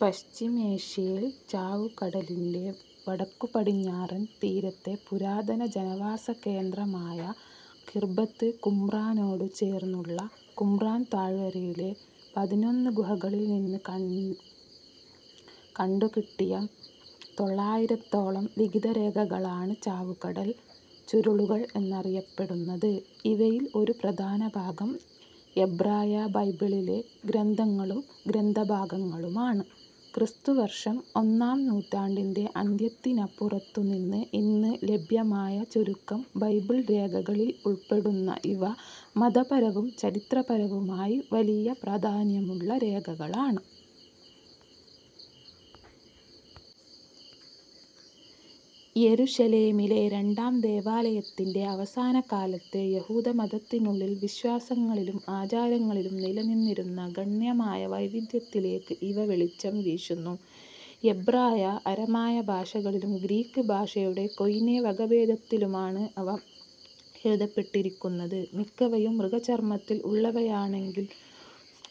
പശ്ചിമേഷ്യയിൽ ചാവുകടലിൻ്റെ വടക്കുപടിഞ്ഞാറൻ തീരത്തെ പുരാതന ജനവാസകേന്ദ്രമായ ഖിർബത് കുമ്രാനോടു ചേർന്നുള്ള കുമ്രാൻ താഴ്വരയിലെ പതിനൊന്ന് ഗുഹകളിൽ നിന്ന് കണ്ടുകിട്ടിയ തൊള്ളായിരത്തോളം ലിഖിതരേഖകളാണ് ചാവുകടൽ ചുരുളുകൾ എന്നറിയപ്പെടുന്നത്. ഇവയിൽ ഒരു പ്രധാനഭാഗം എബ്രായ ബൈബിളിലെ ഗ്രന്ഥങ്ങളും ഗ്രന്ഥഭാഗങ്ങളുമാണ്. ക്രിസ്തുവർഷം ഒന്നാം നൂറ്റാണ്ടിൻ്റെ അന്ത്യത്തിനപ്പുറത്തുനിന്ന് ഇന്ന് ലഭ്യമായ ചുരുക്കം ബൈബിൾ രേഖകളിൽ ഉൾപ്പെടുന്ന ഇവ, മതപരവും ചരിത്രപരവുമായി വലിയ പ്രാധാന്യമുള്ള രേഖകളാണ്. യെരുശലേമിലെ രണ്ടാം ദേവാലയത്തിൻ്റെ അവസാനകാലത്തെ യഹൂദമതത്തിനുള്ളിൽ, വിശ്വാസങ്ങളിലും ആചാരങ്ങളിലും നിലനിന്നിരുന്ന ഗണ്യമായ വൈവിധ്യത്തിലേക്ക് ഇവ വെളിച്ചം വീശുന്നു. എബ്രായ, അരമായ ഭാഷകളിലും ഗ്രീക്ക് ഭാഷയുടെ കൊയ്നെ വകഭേദത്തിലുമാണ് അവ എഴുതപ്പെട്ടിരിക്കുന്നത്. മിക്കവയും മൃഗചർമ്മത്തിൽ ഉള്ളവയാണെങ്കിലും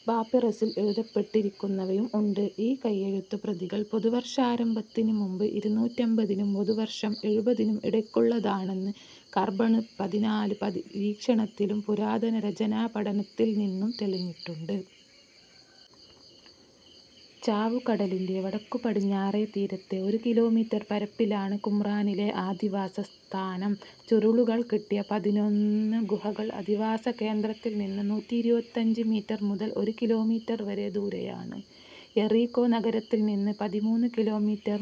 പാപ്പിറസിൽ എഴുതപ്പെട്ടിരിക്കുന്നവയും ഉണ്ട്. ഈ കൈയെഴുത്തുപ്രതികൾ പൊതുവർഷാരംഭത്തിന് മുൻപ് ഇരുനൂറ്റമ്പതിനും പൊതുവർഷം എഴുപതിനും ഇടയ്ക്കുള്ളതാണെന്ന് കാർബൺ പതിനാല് പരീക്ഷണത്തിലും പുരാതന രചനാപഠനത്തിൽ നിന്നും തെളിഞ്ഞിട്ടുണ്ട്. ചാവുകടലിൻ്റെ വടക്കുപടിഞ്ഞാറെ തീരത്തെ ഒരു കിലോമീറ്റർ പരപ്പിലാണ് കുമ്രാനിലെ അധിവാസസ്ഥാനം. ചുരുളുകൾ കിട്ടിയ പതിനൊന്ന് ഗുഹകൾ അധിവാസകേന്ദ്രത്തിൽ നിന്ന് നൂറ്റിയിരുപത്തഞ്ച് മീറ്റർ മുതൽ ഒരു കിലോമീറ്റർ വരെ ദൂരെയാണ്. യെറീക്കോ നഗരത്തിൽ നിന്ന് പതിമൂന്ന് കിലോമീറ്റർ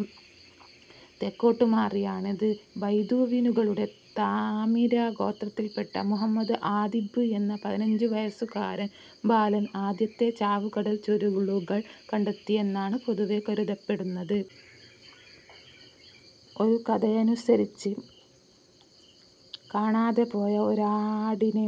തെക്കോട്ടുമാറിയാണിത്. ബൈദൂവിനുകളുടെ താമിരാ ഗോത്രത്തിൽ പെട്ട മുഹമ്മദ് ആദ്ദിബ്ബ് എന്ന പതിനഞ്ചുവയസ്സുകാരൻ ബാലൻ ആദ്യത്തെ ചാവുകടൽ ചുരുളുകൾ കണ്ടെത്തിയെന്നാണ് പൊതുവേ കരുതപ്പെടുന്നത്. ഒരു കഥയനുസരിച്ച് കാണാതെപോയ ഒരാടിനെ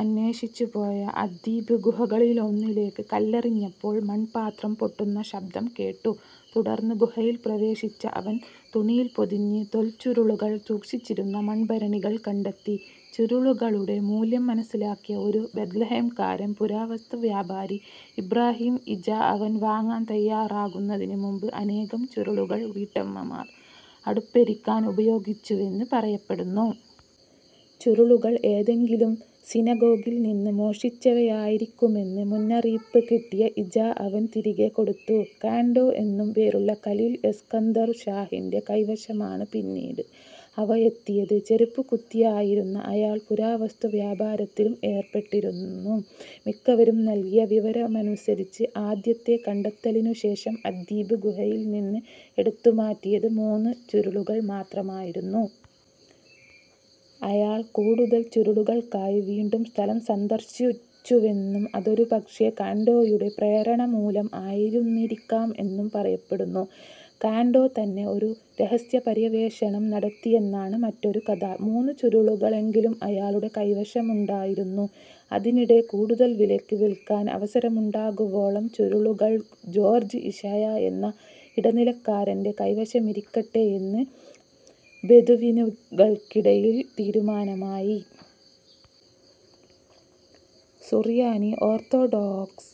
അന്വേഷിച്ചുപോയ അദ്ദീബ്, ഗുഹകളിലൊന്നിലേക്ക് കല്ലെറിഞ്ഞപ്പോൾ മൺപാത്രം പൊട്ടുന്ന ശബ്ദം കേട്ടു. തുടർന്ന് ഗുഹയിൽ പ്രവേശിച്ച അവൻ, തുണിയിൽ പൊതിഞ്ഞ് തോൽച്ചുരുളുകൾ സൂക്ഷിച്ചിരിക്കുന്ന മൺഭരണികൾ കണ്ടെത്തി. ചുരുളുകളുടെ മൂല്യം മനസ്സിലാക്കിയ ഒരു ബെത്ലഹേംകാരൻ പുരാവസ്തു വ്യാപാരി ഇബ്രാഹിം ഇജാ അവ വാങ്ങാൻ തയ്യാറാകുന്നതിന് മുൻപ്, അനേകം ചുരുളുകൾ വീട്ടമ്മമാർ അടുപ്പെരിക്കാൻ ഉപയോഗിച്ചുവെന്ന് പറയപ്പെടുന്നു. ചുരുളുകൾ ഏതെങ്കിലും സിനഗോഗിൽ നിന്ന് മോഷ്ടിച്ചവയായിരിക്കുമെന്ന് മുന്നറിയിപ്പ് കിട്ടിയ ഇജാ അവ തിരികെ കൊടുത്തു. കാൻഡോ എന്നും പേരുള്ള ഖലീൽ എസ്കന്ദർ ഷാഹിൻ്റെ കൈവശമാണ് പിന്നീട് അവ എത്തിയത്. ചെരുപ്പുകുത്തിയായിരുന്ന അയാൾ പുരാവസ്തു വ്യാപാരത്തിലും ഏർപ്പെട്ടിരുന്നു. മിക്കവരും നൽകിയ വിവരമനുസരിച്ച് ആദ്യത്തെ കണ്ടെത്തലിനുശേഷം അദ്ദീബ് ഗുഹയിൽ നിന്ന് എടുത്തുമാറ്റിയത് മൂന്ന് ചുരുളുകൾ മാത്രമായിരുന്നു. അയാൾ കൂടുതൽ ചുരുളുകൾക്കായി വീണ്ടും സ്ഥലം സന്ദർശിച്ചുവെന്നും അതൊരുപക്ഷേ കാൻഡോയുടെ പ്രേരണമൂലം ആയിരുന്നിരിക്കാം എന്നും പറയപ്പെടുന്നു. കാൻഡോ തന്നെ ഒരു രഹസ്യപര്യവേഷണം നടത്തിയെന്നാണ് മറ്റൊരു കഥ. മൂന്ന് ചുരുളുകളെങ്കിലും അയാളുടെ കൈവശമുണ്ടായിരുന്നു. അതിനിടെ കൂടുതൽ വിലയ്ക്ക് വിൽക്കാൻ അവസരമുണ്ടാകുവോളം ചുരുളുകൾ ജോർജ്ജ് ഇശയാ എന്ന ഇടനിലക്കാരൻ്റെ കൈവശമിരിക്കട്ടെ എന്ന് ബെദൂവിനുകൾക്കിടയിൽ തീരുമാനമായി. സുറിയാനി ഓർത്തോഡോക്സ്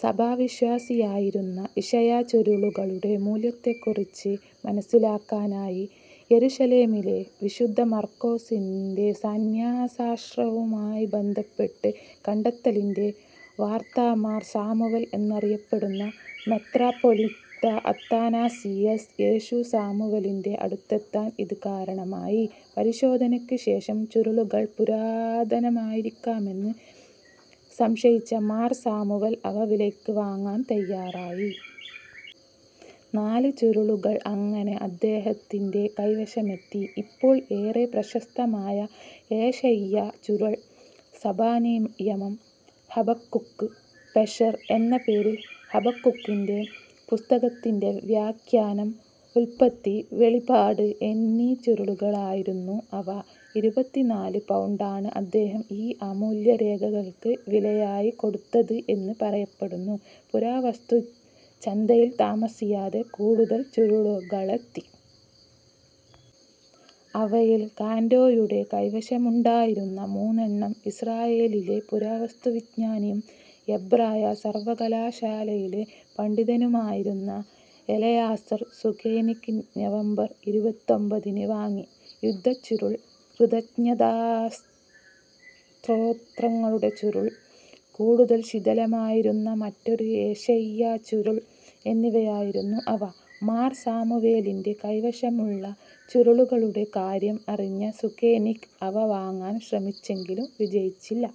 സഭാവിശ്വാസിയായിരുന്ന ഇശയാ ചുരുളുകളുടെ മൂല്യത്തെക്കുറിച്ച് മനസ്സിലാക്കാനായി, യെരുശലേമിലെ വിശുദ്ധ മർക്കോസിൻ്റെ സന്ന്യാസാശ്രമവുമായി ബന്ധപ്പെട്ടു. കണ്ടെത്തലിൻ്റെ വാർത്ത മാർ സാമുവൽ എന്നറിയപ്പെടുന്ന മെത്രാപ്പോലീത്താ അത്താനാസിയസ് യേശു സാമുവലിൻ്റെ അടുത്തെത്താൻ ഇത് കാരണമായി. പരിശോധനയ്ക്ക് ശേഷം ചുരുളുകൾ പുരാതനമായിരിക്കാമെന്ന് സംശയിച്ച മാർ സാമുവൽ അവ വിലയ്ക്ക് വാങ്ങാൻ തയ്യാറായി. നാല് ചുരുളുകൾ അങ്ങനെ അദ്ദേഹത്തിൻ്റെ കൈവശമെത്തി. ഇപ്പോൾ ഏറെ പ്രശസ്തമായ ഏശയ്യാ ചുരുൾ, സഭാനിയമം, ഹബക്കുക്ക് പെഷെർ എന്ന പേരിൽ ഹബക്കുകിൻ്റെ പുസ്തകത്തിൻ്റെ വ്യാഖ്യാനം, ഉല്പത്തി വെളിപാട് എന്നീ ചുരുളുകളായിരുന്നു അവ. ഇരുപത്തിനാല് പൗണ്ടാണ് അദ്ദേഹം ഈ അമൂല്യരേഖകൾക്ക് വിലയായി കൊടുത്തത് എന്ന് പറയപ്പെടുന്നു. പുരാവസ്തുച്ചന്തയിൽ താമസിയാതെ കൂടുതൽ ചുരുളുകളെത്തി. അവയിൽ കാൻഡോയുടെ കൈവശമുണ്ടായിരുന്ന മൂന്നെണ്ണം ഇസ്രായേലിലെ പുരാവസ്തുവിജ്ഞാനിയും എബ്രായ സർവ്വകലാശാലയിലെ പണ്ഡിതനുമായിരുന്ന എലയാസർ സുകേനിക് നവംബർ ഇരുപത്തൊമ്പതിന് വാങ്ങി. യുദ്ധച്ചുരുൾ, കൃതജ്ഞതാസ്തോത്രങ്ങളുടെ ചുരുൾ, കൂടുതൽ ശിഥിലമായിരുന്ന മറ്റൊരു ഏശയ്യാ ചുരുൾ എന്നിവയായിരുന്നു അവ. മാർ സാമുവേലിൻ്റെ കൈവശമുള്ള ചുരുളുകളുടെ കാര്യം അറിഞ്ഞ സുകേനിക് അവ വാങ്ങാൻ ശ്രമിച്ചെങ്കിലും വിജയിച്ചില്ല.